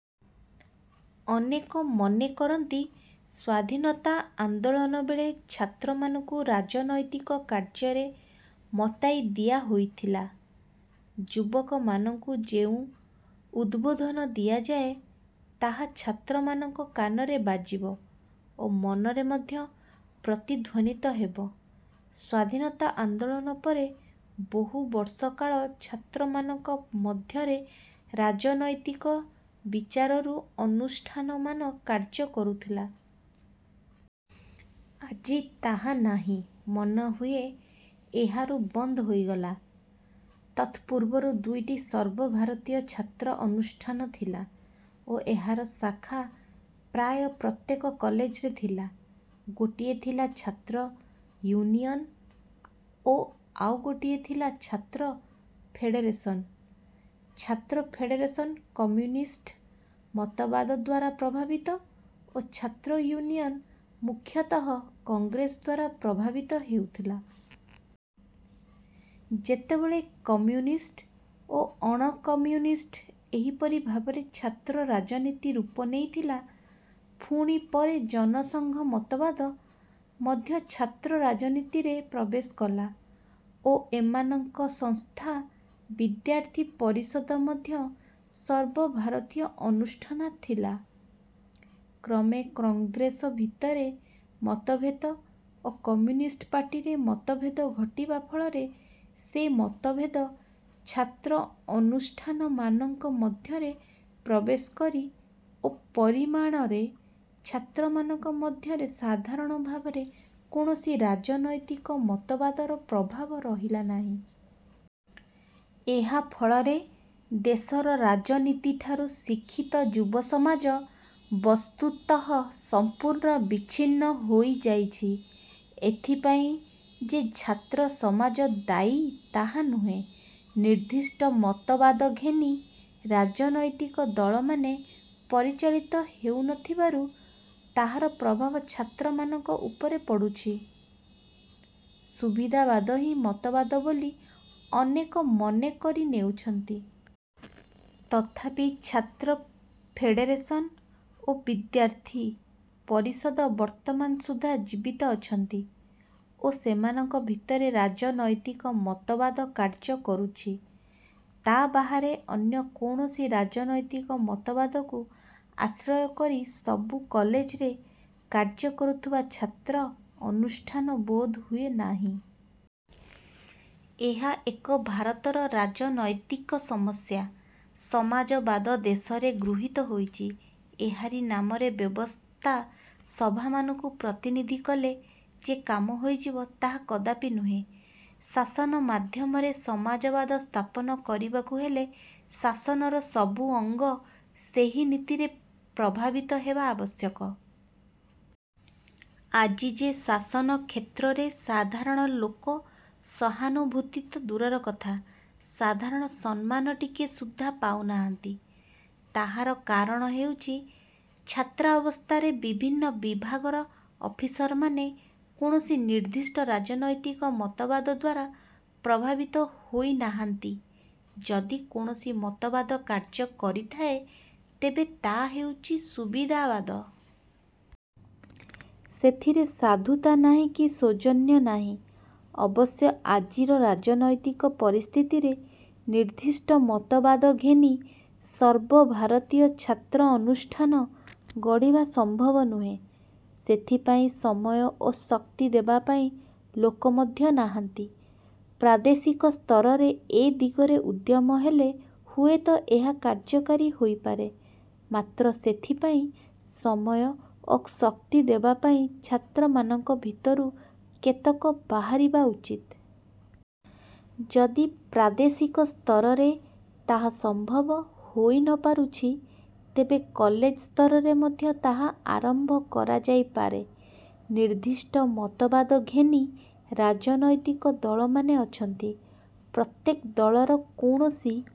ଅନେକ ମନେ କରନ୍ତି ସ୍ୱାଧୀନତା ଆନ୍ଦୋଳନବେଳେ ଛାତ୍ରମାନଙ୍କୁ ରାଜନୈତିକ କାର୍ଯ୍ୟରେ ମତାଇ ଦିଆ ହୋଇଥିଲା। ଯୁବକମାନଙ୍କୁ ଯେଉଁ ଉଦ୍ବୋଧନ ଦିଆଯାଏ, ତାହା ଛାତ୍ରମାନଙ୍କ କାନରେ ବାଜିବ ଓ ମନରେ ମଧ୍ୟ ପ୍ରତିଧ୍ୱନିତ ହେବ। ସ୍ୱାଧୀନତା ଆନ୍ଦୋଳନ ପରେ, ବହୁବର୍ଷ କାଳ ଛାତ୍ରମାନଙ୍କ ମଧ୍ୟରେ ରାଜନୈତିକ ବିଚାରରୁ ଅନୁଷ୍ଠାନମାନ କାର୍ଯ୍ୟ କରୁଥିଲା। ଆଜି ତାହା ନାହିଁ। ମନେହୁଏ ଏହା ରୁ ବନ୍ଦ ହୋଇଗଲା। ତତ୍ପୂର୍ବରୁ ଦୁଇଟି ସର୍ବଭାରତୀୟ ଛାତ୍ର ଅନୁଷ୍ଠାନ ଥିଲା ଓ ଏହାର ଶାଖା ପ୍ରାୟ ପ୍ରତ୍ୟେକ କଲେଜରେ ଥିଲା। ଗୋଟିଏ ଥିଲା ଛାତ୍ର ଇଉନିଅନ ଓ ଆଉ ଗୋଟିଏ ଥିଲା ଛାତ୍ର ଫେଡ଼େରେସନ। ଛାତ୍ର ଫେଡ଼େରେସନ କମ୍ୟୁନିଷ୍ଟ ମତବାଦଦ୍ୱାରା ପ୍ରଭାବିତ ଓ ଛାତ୍ର ଇଉନିୟନ ମୁଖ୍ୟତଃ କଂଗ୍ରେସଦ୍ୱାରା ପ୍ରଭାବିତ ହେଉଥିଲା। ସେତେବେଳେ କମ୍ୟୁନିଷ୍ଟ ଓ ଅଣକମ୍ୟୁନିଷ୍ଟ ଏହିପରି ଭାବରେ ଛାତ୍ର ରାଜନୀତି ରୂପ ନେଇଥିଲା। ପୁଣି ପରେ ଜନସଂଘ ମତବାଦ ମଧ୍ୟ ଛାତ୍ର ରାଜନୀତିରେ ପ୍ରବେଶ କଲା ଓ ଏମାନଙ୍କ ସଂସ୍ଥା ବିଦ୍ୟାର୍ଥୀ ପରିଷଦ ମଧ୍ୟ ସର୍ବଭାରତୀୟ ଅନୁଷ୍ଠାନ ଥିଲା। କ୍ରମେ କଂଗ୍ରେସ ଭିତରେ, ମତଭେଦ, କମ୍ୟୁନିଷ୍ଟ ପାର୍ଟିରେ ମତଭେଦ ଘଟିବା ଫଳରେ ସେ ମତଭେଦ ଛାତ୍ର ଅନୁଷ୍ଠାନମାନଙ୍କ ମଧ୍ୟରେ ପ୍ରବେଶ କରି ଓ ପରିମାଣରେ ଛାତ୍ରମାନଙ୍କ ମଧ୍ୟରେ ସାଧାରଣ ଭାବରେ କୌଣସି ରାଜନୈତିକ ମତବାଦର ପ୍ରଭାବ ରହିଲାନାହିଁ। ଏହା ଫଳରେ ଦେଶର ରାଜନୀତିଠାରୁ ଶିକ୍ଷିତ ଯୁବସମାଜ ବସ୍ତୁତଃ ସଂପୂର୍ଣ୍ଣ ବିଚ୍ଛିନ୍ନ ହୋଇଯାଇଛି। ଏଥିପାଇଁ ଯେ ଛାତ୍ର ସମାଜ ଦାୟୀ ତାହା ନୁହେଁ। ନିର୍ଦ୍ଦିଷ୍ଟ ମତବାଦ ଘେନି ରାଜନୈତିକ ଦଳମାନେ ପରିଚାଳିତ ହେଉ ନଥିବାରୁ ତାହାର ପ୍ରଭାବ ଛାତ୍ରମାନଙ୍କ ଉପରେ ପଡ଼ୁଛି। ସୁବିଧାବାଦ ହିଁ ମତବାଦ ବୋଲି ଅନେକ ମନେ କରି ନେଉଛନ୍ତି। ତଥାପି ଛାତ୍ର ଫେଡ଼େରେସନ ଓ ବିଦ୍ୟାର୍ଥୀ। ପରିଷଦ ବର୍ତ୍ତମାନ ସୁଦ୍ଧା ଜୀବିତ ଅଛନ୍ତି ଓ ସେମାନଙ୍କ ଭିତରେ ରାଜନୈତିକ ମତବାଦ କାର୍ଯ୍ୟ କରୁଛି। ତା ବାହାରେ ଅନ୍ୟ କୌଣସି ରାଜନୈତିକ ମତବାଦକୁ ଆଶ୍ରୟ କରି ସବୁ କଲେଜରେ କାର୍ଯ୍ୟ କରୁଥିବା ଛାତ୍ର ଅନୁଷ୍ଠାନ ବୋଧହୁଏ ନାହିଁ। ଏହା ଏକ ଭାରତର ରାଜନୈତିକ ସମସ୍ୟା। ସମାଜବାଦ ଦେଶରେ ଗୃହୀତ ହୋଇଛି-। ଏହାରି ନାମରେ ବ୍ୟବସ୍ଥା ସଭାମାନଙ୍କୁ ପ୍ରତିନିଧି ଗଲେ ଯେ କାମ ହୋଇଯିବ, ତାହା କଦାପି ନୁହେଁ। ଶାସନ ମାଧ୍ୟମରେ ସମାଜବାଦ ସ୍ଥାପନ କରିବାକୁ ହେଲେ ଶାସନର ସବୁ ଅଙ୍ଗ ସେହି ନୀତିରେ ପ୍ରଭାବିତ ହେବା ଆବଶ୍ୟକ। ଆଜି ଯେ ଶାସନ କ୍ଷେତ୍ରରେ ସାଧାରଣ ଲୋକ ସହାନୁଭୂତି ତ ଦୂରର କଥା, ସାଧାରଣ ସମ୍ମାନ ଟିକିଏ ସୁଦ୍ଧା ପାଉ ନାହାନ୍ତି। ତାହାର କାରଣ ହେଉଚି, ଛାତ୍ରାବସ୍ଥାରେ ବିଭିନ୍ନ ବିଭାଗର ଅଫିସରମାନେ କୌଣସି ନିର୍ଦ୍ଦିଷ୍ଟ ରାଜନୈତିକ ମତବାଦଦ୍ୱାରା ପ୍ରଭାବିତ ହୋଇନାହାନ୍ତି। ଯଦି କୌଣସି ମତବାଦ କାର୍ଯ୍ୟ କରିଥାଏ, ତେବେ ତାହା ହେଉଛି ସୁବିଧାବାଦ। ସେଥିରେ ସାଧୁତା ନାହିଁ କି ସୌଜନ୍ୟ ନାହିଁ। ଅବଶ୍ୟ ଆଜିର ରାଜନୈତିକ ପରିସ୍ଥିତିରେ ନିର୍ଦ୍ଦିଷ୍ଟ ମତବାଦ ଘେନି ସର୍ବଭାରତୀୟ ଛାତ୍ର ଅନୁଷ୍ଠାନ ଗଢ଼ିବା ସମ୍ଭବ ନୁହେଁ। ସେଥିପାଇଁ ସମୟ ଓ ଶକ୍ତି ଦେବାପାଇଁ ଲୋକ ମଧ୍ୟ ନାହାନ୍ତି। ପ୍ରାଦେଶିକ ସ୍ତରରେ ଏ ଦିଗରେ ଉଦ୍ୟମ ହେଲେ ହୁଏତ ଏହା କାର୍ଯ୍ୟକାରୀ ହୋଇପାରେ; ମାତ୍ର ସେଥିପାଇଁ ସମୟ ଓ ଶକ୍ତି ଦେବାପାଇଁ ଛାତ୍ରମାନଙ୍କ ଭିତରୁ କେତେକ ବାହାରିବା ଉଚିତ। ଯଦି ପ୍ରାଦେଶିକ ସ୍ତରରେ ତାହା ସମ୍ଭବ ହୋଇ ନ ପାରୁଛି, ତେବେ କଲେଜ ସ୍ତରରେ ମଧ୍ୟ ତାହା ଆରମ୍ଭ କରାଯାଇପାରେ। ନିର୍ଦ୍ଦିଷ୍ଟ ମତବାଦ ଘେନି ରାଜନୈତିକ ଦଳମାନେ ଅଛନ୍ତି। ପ୍ରତ୍ୟେକ ଦଳର କୌଣସି